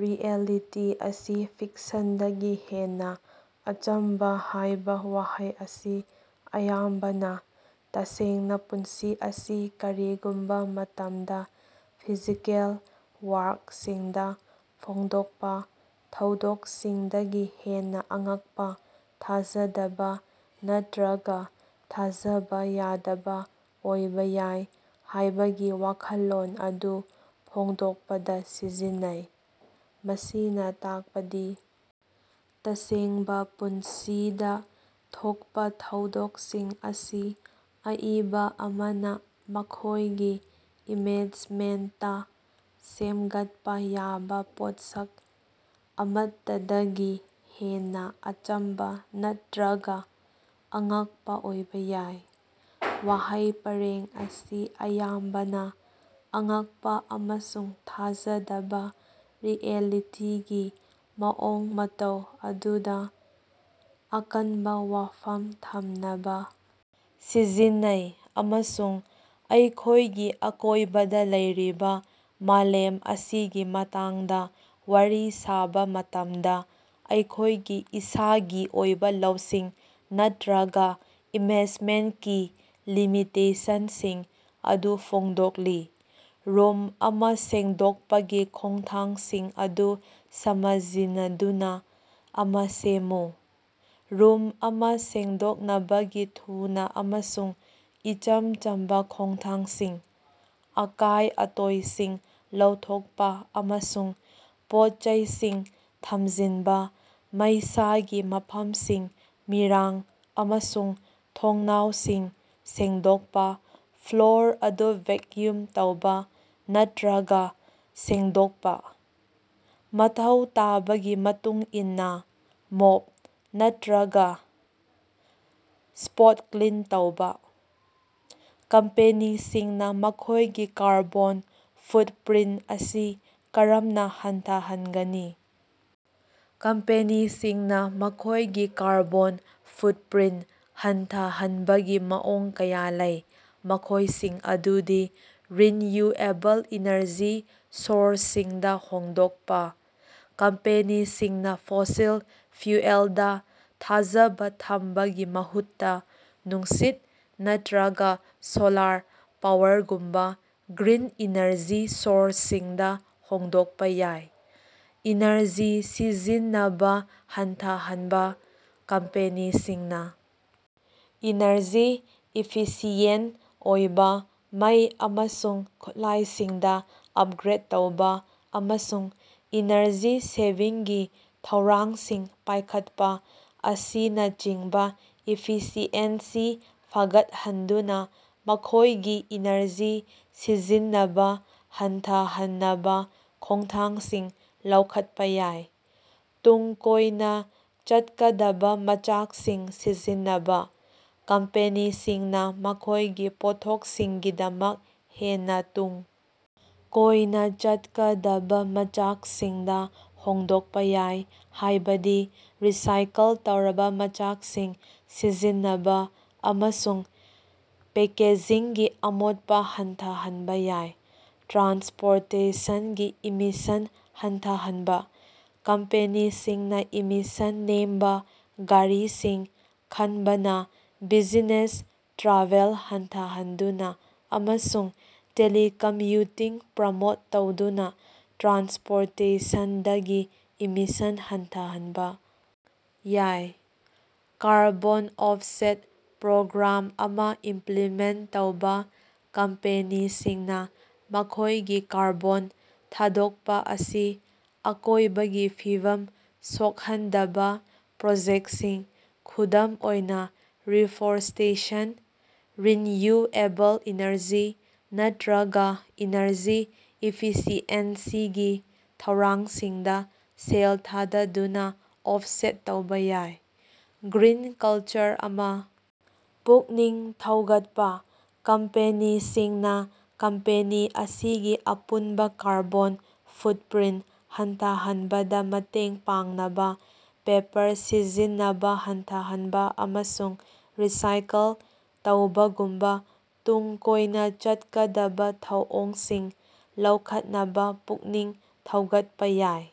Reality ꯑꯁꯤ ꯐꯤꯛꯁꯟꯗꯒꯤ ꯍꯦꯟꯅꯥ ꯑꯆꯝꯕ ꯍꯥꯏꯕ ꯋꯥꯍꯩ ꯑꯁꯤ ꯑꯌꯥꯝꯕꯅ ꯇꯁꯦꯡꯅꯥ ꯄꯨꯟꯁꯤ ꯑꯁꯤ ꯀꯔꯤꯒꯨꯝꯕ ꯃꯇꯝꯗꯥ ꯐꯤꯖꯤꯀꯦꯜ ꯋꯥꯔꯛꯁꯤꯡꯗꯥ ꯐꯣꯡꯗꯣꯛꯄꯥ ꯊꯧꯗꯣꯛꯁꯤꯡꯗꯒꯤ ꯍꯦꯟꯅꯥ ꯑꯉꯛꯄꯥ, ꯊꯥꯖꯗꯕꯥ ꯅꯠꯇ꯭ꯔꯒꯥ ꯊꯥꯖꯕ ꯌꯥꯗꯕ ꯑꯣꯏꯕ ꯌꯥꯏ ꯍꯥꯏꯕꯒꯤ ꯋꯥꯈꯜꯂꯣꯟ ꯑꯗꯨ ꯐꯣꯡꯗꯣꯛꯄꯗꯥ ꯁꯤꯖꯤꯟꯅꯩ꯫ ꯃꯁꯤꯅ ꯇꯥꯛꯄꯗꯤ ꯇꯁꯦꯡꯕꯥ ꯄꯨꯟꯁꯤꯗꯥ ꯊꯣꯛꯄꯥ ꯊꯧꯗꯣꯛꯁꯤꯡ ꯑꯁꯤ ꯑꯏꯕꯥ ꯑꯃꯅ ꯃꯈꯣꯏꯒꯤ ꯏꯃꯦꯖꯃꯦꯟꯇꯥ ꯁꯦꯝꯒꯠꯄꯥ ꯌꯥꯕ ꯄꯣꯠꯁꯛ ꯑꯃꯠꯇꯗꯒꯤ ꯍꯦꯟꯅꯥ ꯑꯆꯝꯕꯥ ꯅꯠꯇ꯭ꯔꯒꯥ ꯑꯉꯛꯄꯥ ꯑꯣꯏꯕ ꯌꯥꯏ꯫ ꯋꯥꯍꯩ ꯄꯔꯦꯡ ꯑꯁꯤ ꯑꯌꯥꯝꯕꯅ ꯑꯉꯛꯄꯥ ꯑꯃꯁꯨꯡ ꯊꯥꯖꯗꯕꯥ ꯔꯤꯑꯦꯂꯤꯇꯤꯒꯤ ꯃꯑꯣꯡ ꯃꯇꯧ ꯑꯗꯨꯗꯥ ꯑꯀꯟꯕꯥ ꯋꯥꯐꯝ ꯊꯝꯅꯕꯥ ꯁꯤꯖꯤꯟꯅꯩ, ꯑꯃꯁꯨꯡ ꯑꯩꯈꯣꯏꯒꯤ ꯑꯀꯣꯏꯕꯗꯥ ꯂꯩꯔꯤꯕ ꯃꯥꯂꯦꯝ ꯑꯁꯤꯒꯤ ꯃꯇꯥꯡꯗ ꯋꯥꯔꯤ ꯁꯥꯕ ꯃꯇꯝꯗꯥ ꯑꯩꯈꯣꯏꯒꯤ ꯏꯁꯥꯒꯤ ꯑꯣꯏꯕ ꯂꯧꯁꯤꯡ ꯅꯠꯇ꯭ꯔꯒꯥ ꯏꯃꯦꯖꯃꯦꯟꯀꯤ ꯂꯤꯃꯤꯇꯦꯁꯟꯁꯤꯡ ꯑꯗꯨ ꯐꯣꯡꯗꯣꯛꯂꯤ꯫ ꯔꯨꯝ ꯑꯃ ꯁꯦꯡꯗꯣꯛꯄꯒꯤ ꯈꯣꯡꯊꯥꯡꯁꯤꯡ ꯑꯗꯨ ꯁꯃꯖꯤꯟꯅꯗꯨꯅꯥ ꯑꯃ ꯁꯦꯝꯃꯨ꯫ ꯔꯨꯝ ꯑꯃ ꯁꯦꯡꯗꯣꯛꯅꯕꯒꯤ ꯊꯨꯅꯥ ꯑꯃꯁꯨꯡ ꯏꯆꯝ ꯆꯝꯕꯥ ꯈꯣꯡꯊꯥꯡꯁꯤꯡ: ꯑꯀꯥꯏ-ꯑꯇꯣꯏꯁꯤꯡ ꯂꯧꯊꯣꯛꯄꯥ ꯑꯃꯁꯨꯡ ꯄꯣꯠ-ꯆꯩꯁꯤꯡ ꯊꯝꯖꯤꯟꯕꯥ ꯃꯩꯁꯥꯒꯤ ꯃꯐꯝꯁꯤꯡ ꯃꯤꯔꯥꯡ ꯑꯃꯁꯨꯡ ꯊꯣꯡꯅꯥꯎꯁꯤꯡ ꯁꯦꯡꯗꯣꯛꯄꯥ ꯐ꯭ꯂꯣꯔ ꯑꯗꯨ ꯚꯦꯛꯌꯨꯝ ꯇꯧꯕ ꯅꯠꯇ꯭ꯔꯒꯥ ꯁꯦꯡꯗꯣꯛꯄꯥ ꯫ꯃꯊꯧ ꯇꯥꯕꯒꯤ ꯃꯇꯨꯡꯏꯟꯅꯥ ꯃꯣꯞ ꯅꯠꯇ꯭ꯔꯒꯥ ꯁ꯭ꯄꯣꯠ ꯀ꯭ꯂꯤꯟ ꯇꯧꯕ꯫ ꯀꯝꯄꯦꯅꯤꯁꯤꯡꯅꯥ ꯃꯈꯣꯏꯒꯤ ꯀꯥꯔꯕꯣꯟ ꯐꯨꯠꯄ꯭ꯔꯤꯟ ꯑꯁꯤ ꯀꯔꯝꯅꯥ ꯍꯟꯊꯍꯟꯒꯅꯤ? ꯀꯝꯄꯦꯅꯤꯁꯤꯡꯅꯥ ꯃꯈꯣꯏꯒꯤ ꯀꯥꯔꯕꯣꯟ ꯐꯨꯠꯄ꯭ꯔꯤꯟ ꯍꯟꯊꯍꯟꯕꯒꯤ ꯃꯑꯣꯡ ꯀꯌꯥ ꯂꯩ, ꯃꯈꯣꯏꯁꯤꯡ ꯑꯗꯨꯗꯤ: ꯔꯤꯟꯌꯨꯑꯦꯕꯜ ꯏꯅꯔꯖꯤ ꯁꯣꯔꯁꯁꯤꯡꯗꯥ ꯍꯣꯡꯗꯣꯛꯄꯥ: ꯀꯝꯄꯦꯅꯤꯁꯤꯡꯅꯥ ꯐꯣꯁꯤꯜ ꯐ꯭ꯌꯨꯑꯦꯜꯗꯥ ꯊꯥꯖꯕ ꯊꯝꯕꯒꯤ ꯃꯍꯨꯠꯇꯥ ꯅꯨꯡꯁꯤꯠ ꯅꯠꯇ꯭ꯔꯒꯥ ꯁꯣꯂꯥꯔ ꯄꯥꯋꯔꯒꯨꯝꯕꯥ ꯒ꯭ꯔꯤꯟ ꯏꯅꯔꯖꯤ ꯁꯣꯔꯁꯁꯤꯡꯗꯥ ꯍꯣꯡꯗꯣꯛꯄ ꯌꯥꯏ꯫ ꯏꯅꯔꯖꯤ ꯁꯤꯖꯤꯟꯅꯕꯥ ꯍꯟꯊꯍꯟꯕꯥ: ꯀꯝꯄꯦꯅꯤꯁꯤꯡꯅꯥ ꯏꯅꯔꯖꯤ ꯏꯐꯤꯁꯤꯌꯦꯟ ꯑꯣꯏꯕ ꯃꯩ ꯑꯃꯁꯨꯡ ꯈꯨꯠꯂꯥꯏꯁꯤꯡꯗ ꯑꯞꯒ꯭ꯔꯦꯠ ꯇꯧꯕ, ꯑꯃꯁꯨꯡ ꯏꯅꯔꯖꯤ ꯁꯦꯚꯤꯡꯒꯤ ꯊꯧꯔꯥꯡꯁꯤꯡ ꯄꯥꯏꯈꯠꯄ ꯑꯁꯤꯅꯆꯤꯡꯕ ꯏꯐꯤꯁꯤꯑꯦꯟꯁꯤ ꯐꯒꯠꯍꯟꯗꯨꯅꯥ ꯃꯈꯣꯏꯒꯤ ꯏꯅꯔꯖꯤ ꯁꯤꯖꯤꯟꯅꯕꯥ ꯍꯟꯊꯍꯟꯅꯕꯥ ꯈꯣꯡꯊꯥꯡꯁꯤꯡ ꯂꯧꯈꯠꯄꯥ ꯌꯥꯏ꯫ ꯇꯨꯡ ꯀꯣꯏꯅꯥ ꯆꯠꯀꯗꯕꯥ ꯃꯆꯥꯛꯁꯤꯡ ꯁꯤꯖꯤꯟꯅꯕꯥ: ꯀꯝꯄꯦꯅꯤꯁꯤꯡꯅꯥ ꯃꯈꯣꯏꯒꯤ ꯄꯣꯠꯊꯣꯛꯁꯤꯡꯒꯤꯗꯃꯛ ꯍꯦꯟꯅꯥ ꯇꯨꯡ ꯀꯣꯏꯅꯥ ꯆꯠꯀꯗꯕꯥ ꯃꯆꯥꯛꯁꯤꯡꯗꯥ ꯍꯣꯡꯗꯣꯛꯄꯥ ꯌꯥꯏ, ꯍꯥꯏꯕꯗꯤ ꯔꯤꯁꯥꯏꯀꯜ ꯇꯧꯔꯕꯥ ꯃꯆꯥꯛꯁꯤꯡ ꯁꯤꯖꯤꯟꯅꯕꯥ, ꯑꯃꯁꯨꯡ ꯄꯦꯀꯦꯖꯤꯡꯒꯤ ꯑꯃꯣꯠꯄꯥ ꯍꯟꯊꯍꯟꯕꯥ ꯌꯥꯏ꯫ ꯇ꯭ꯔꯥꯟꯁꯄꯣꯔꯇꯦꯁꯟꯒꯤ ꯏꯃꯤꯁꯟ ꯍꯟꯊꯍꯟꯕꯥ: ꯀꯝꯄꯦꯅꯤꯁꯤꯡꯅꯥ ꯏꯃꯤꯁꯟ ꯅꯦꯝꯕꯥ ꯒꯥꯔꯤꯁꯤꯡ ꯈꯟꯕꯅꯥ, ꯕꯤꯖꯤꯅꯦꯁ ꯇ꯭ꯔꯥꯚꯦꯜ ꯍꯟꯊꯍꯟꯗꯨꯅꯥ, ꯑꯃꯁꯨꯡ ꯇꯦꯂꯤꯀꯝꯌꯨꯇꯤꯡ ꯄ꯭ꯔꯃꯣꯠ ꯇꯧꯗꯨꯅꯥ ꯇ꯭ꯔꯥꯟꯁꯄꯣꯔꯇꯦꯁꯟꯗꯒꯤ ꯏꯃꯤꯁꯟ ꯍꯟꯊꯍꯟꯕꯥ ꯌꯥꯏ꯫ ꯀꯥꯔꯕꯣꯟ ꯑꯣꯐꯁꯦꯠ ꯄ꯭ꯔꯣꯒ꯭ꯔꯥꯝ ꯑꯃ ꯏꯃꯄ꯭ꯂꯤꯃꯦꯟ ꯇꯧꯕ: ꯀꯝꯄꯦꯅꯤꯁꯤꯡꯅꯥ ꯃꯈꯣꯏꯒꯤ ꯀꯥꯔꯕꯣꯟ ꯊꯥꯗꯣꯛꯄꯥ ꯑꯁꯤ ꯑꯀꯣꯏꯕꯒꯤ ꯐꯤꯚꯝ ꯁꯣꯛꯍꯟꯗꯕꯥ ꯄ꯭ꯔꯣꯖꯦꯛꯁꯤꯡ, ꯈꯨꯗꯝ ꯑꯣꯏꯅ ꯔꯤꯐꯣꯔꯁ꯭ꯇꯦꯁꯟ, ꯔꯤꯟꯌꯨꯑꯦꯕꯜ ꯏꯅꯔꯖꯤ, ꯅꯠꯇ꯭ꯔꯒꯥ ꯏꯅꯔꯖꯤ ꯏꯐꯤꯁꯤꯑꯦꯟꯁꯤꯒꯤ ꯊꯧꯔꯥꯡꯁꯤꯡꯗꯥ ꯁꯦꯜ ꯊꯥꯗꯗꯨꯅꯥ ꯑꯣꯐꯁꯦꯠ ꯇꯧꯕ ꯌꯥꯏ꯫ ꯒ꯭ꯔꯤꯟ ꯀꯜꯆꯔ ꯑꯃ ꯄꯨꯛꯅꯤꯡ ꯊꯧꯒꯠꯄꯥ: ꯀꯝꯄꯦꯅꯤꯁꯤꯡꯅꯥ ꯀꯝꯄꯦꯅꯤ ꯑꯁꯤꯒꯤ ꯑꯄꯨꯟꯕꯥ ꯀꯥꯔꯕꯣꯟ ꯐꯨꯠꯄ꯭ꯔꯤꯟ ꯍꯟꯊꯍꯟꯕꯗꯥ ꯃꯇꯦꯡ ꯄꯥꯡꯅꯕ ꯄꯦꯄꯔ ꯁꯤꯖꯤꯟꯅꯕꯥ ꯍꯟꯊꯍꯟꯕꯥ ꯑꯃꯁꯨꯡ ꯔꯤꯁꯥꯏꯀꯜ ꯇꯧꯕꯒꯨꯝꯕꯥ ꯇꯨꯡ ꯀꯣꯏꯅꯥ ꯆꯠꯀꯗꯕꯥ ꯊꯧꯑꯣꯡꯁꯤꯡ ꯂꯧꯈꯠꯅꯕꯥ ꯄꯨꯛꯅꯤꯡ ꯊꯧꯒꯠꯄꯥ ꯌꯥꯏ꯫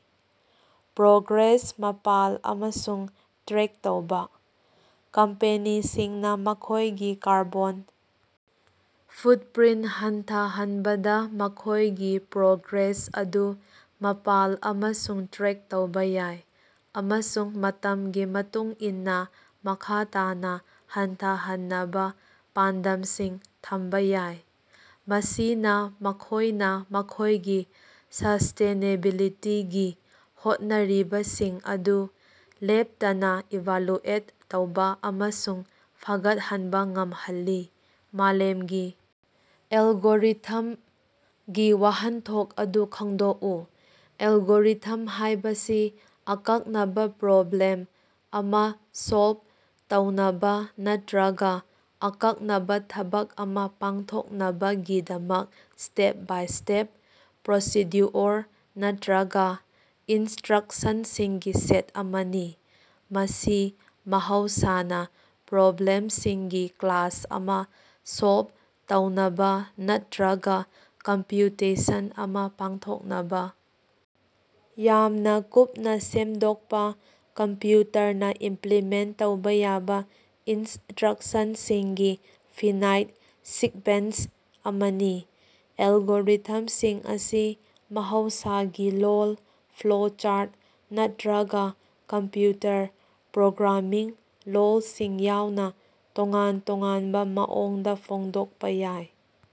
ꯄ꯭ꯔꯣꯒ꯭ꯔꯦꯁ ꯃꯥꯄꯜ ꯑꯃꯁꯨꯡ ꯇ꯭ꯔꯦꯛ ꯇꯧꯕ: ꯀꯝꯄꯦꯅꯤꯁꯤꯡꯅꯥ ꯃꯈꯣꯏꯒꯤ ꯀꯥꯔꯕꯣꯟ ꯐꯨꯠꯄ꯭ꯔꯤꯟ ꯍꯟꯊꯍꯟꯕꯗꯥ ꯃꯈꯣꯏꯒꯤ ꯄ꯭ꯔꯣꯒ꯭ꯔꯦꯁ ꯑꯗꯨ ꯃꯥꯄꯜ ꯑꯃꯁꯨꯡ ꯇ꯭ꯔꯦꯛ ꯇꯧꯕ ꯌꯥꯏ, ꯑꯃꯁꯨꯡ ꯃꯇꯝꯒꯤ ꯃꯇꯨꯡ ꯏꯟꯅꯥ ꯃꯈꯥ ꯇꯥꯅꯥ ꯍꯟꯊꯍꯟꯅꯕꯥ ꯄꯥꯟꯗꯝꯁꯤꯡ ꯊꯝꯕꯥ ꯌꯥꯏ꯫ ꯃꯁꯤꯅ ꯃꯈꯣꯏꯅ ꯃꯈꯣꯏꯒꯤ ꯁꯁ꯭ꯇꯦꯅꯦꯕꯤꯂꯤꯇꯤꯒꯤ ꯍꯣꯠꯅꯔꯤꯕꯁꯤꯡ ꯑꯗꯨ ꯂꯦꯞꯇꯅꯥ ꯏꯚꯥꯂꯨꯑꯦꯠ ꯇꯧꯕ ꯑꯃꯁꯨꯡ ꯐꯒꯠꯍꯟꯕꯥ ꯉꯝꯍꯜꯂꯤ꯫ ꯃꯥꯂꯦꯝꯒꯤ 'ꯑꯦꯜꯒꯣꯔꯤꯊꯝ'ꯒꯤ ꯋꯥꯍꯟꯊꯣꯛ ꯑꯗꯨ ꯈꯪꯗꯣꯛꯎ꯫ ꯑꯦꯜꯒꯣꯔꯤꯊꯝ ꯍꯥꯏꯕꯁꯤ ꯑꯀꯛꯅꯕꯥ ꯄ꯭ꯔꯣꯕ꯭ꯂꯦꯝ ꯑꯃ ꯁꯣꯜꯕ ꯇꯧꯅꯕꯥ ꯅꯠꯇ꯭ꯔꯒꯥ ꯑꯀꯛꯅꯕꯥ ꯊꯕꯛ ꯑꯃ ꯄꯥꯡꯊꯣꯛꯅꯕꯒꯤꯗꯃꯛ ꯁ꯭ꯇꯦꯞ-ꯕꯥꯏ-ꯁ꯭ꯇꯦꯞ ꯄ꯭ꯔꯣꯁꯤꯗ꯭ꯌꯨꯑꯣꯔ ꯅꯠꯇ꯭ꯔꯒꯥ ꯏꯟꯁꯇ꯭ꯔꯛꯁꯟꯁꯤꯡꯒꯤ ꯁꯦꯠ ꯑꯃꯅꯤ꯫ ꯃꯁꯤ ꯃꯍꯧꯁꯥꯅ ꯄ꯭ꯔꯣꯕ꯭ꯂꯦꯝꯁꯤꯡꯒꯤ ꯀ꯭ꯂꯥꯁ ꯑꯃ ꯁꯣꯜꯕ ꯇꯧꯅꯕꯥ ꯅꯠꯇ꯭ꯔꯒꯥ ꯀꯝꯄ꯭ꯌꯨꯇꯦꯁꯟ ꯑꯃ ꯄꯥꯡꯊꯣꯛꯅꯕꯥ ꯌꯥꯝꯅ ꯀꯨꯞꯅꯥ ꯁꯦꯝꯗꯣꯛꯄꯥ, ꯀꯝꯄ꯭ꯌꯨꯇꯔꯅꯥ ꯏꯝꯄ꯭ꯂꯤꯃꯦꯟ ꯇꯧꯕ ꯌꯥꯕ ꯏꯟꯁꯇ꯭ꯔꯛꯁꯟꯁꯤꯡꯒꯤ ꯐꯤꯅꯥꯏꯠ ꯁꯤꯛꯕꯦꯟꯁ ꯑꯃꯅꯤ꯫ ꯑꯦꯜꯒꯣꯔꯤꯊꯝꯁꯤꯡ ꯑꯁꯤ ꯃꯍꯧꯁꯥꯒꯤ ꯂꯣꯜ, ꯐ꯭ꯂꯣꯆꯥꯔꯠ ꯅꯠꯇ꯭ꯔꯒꯥ ꯀꯝꯄ꯭ꯌꯨꯇꯔ ꯄ꯭ꯔꯣꯒ꯭ꯔꯥꯃꯤꯡ ꯂꯣꯜꯁꯤꯡ ꯌꯥꯎꯅ ꯇꯣꯉꯥꯟ ꯇꯣꯉꯥꯟꯕ ꯃꯑꯣꯡꯗ ꯐꯣꯡꯗꯣꯛꯄꯥ ꯌꯥꯏ꯫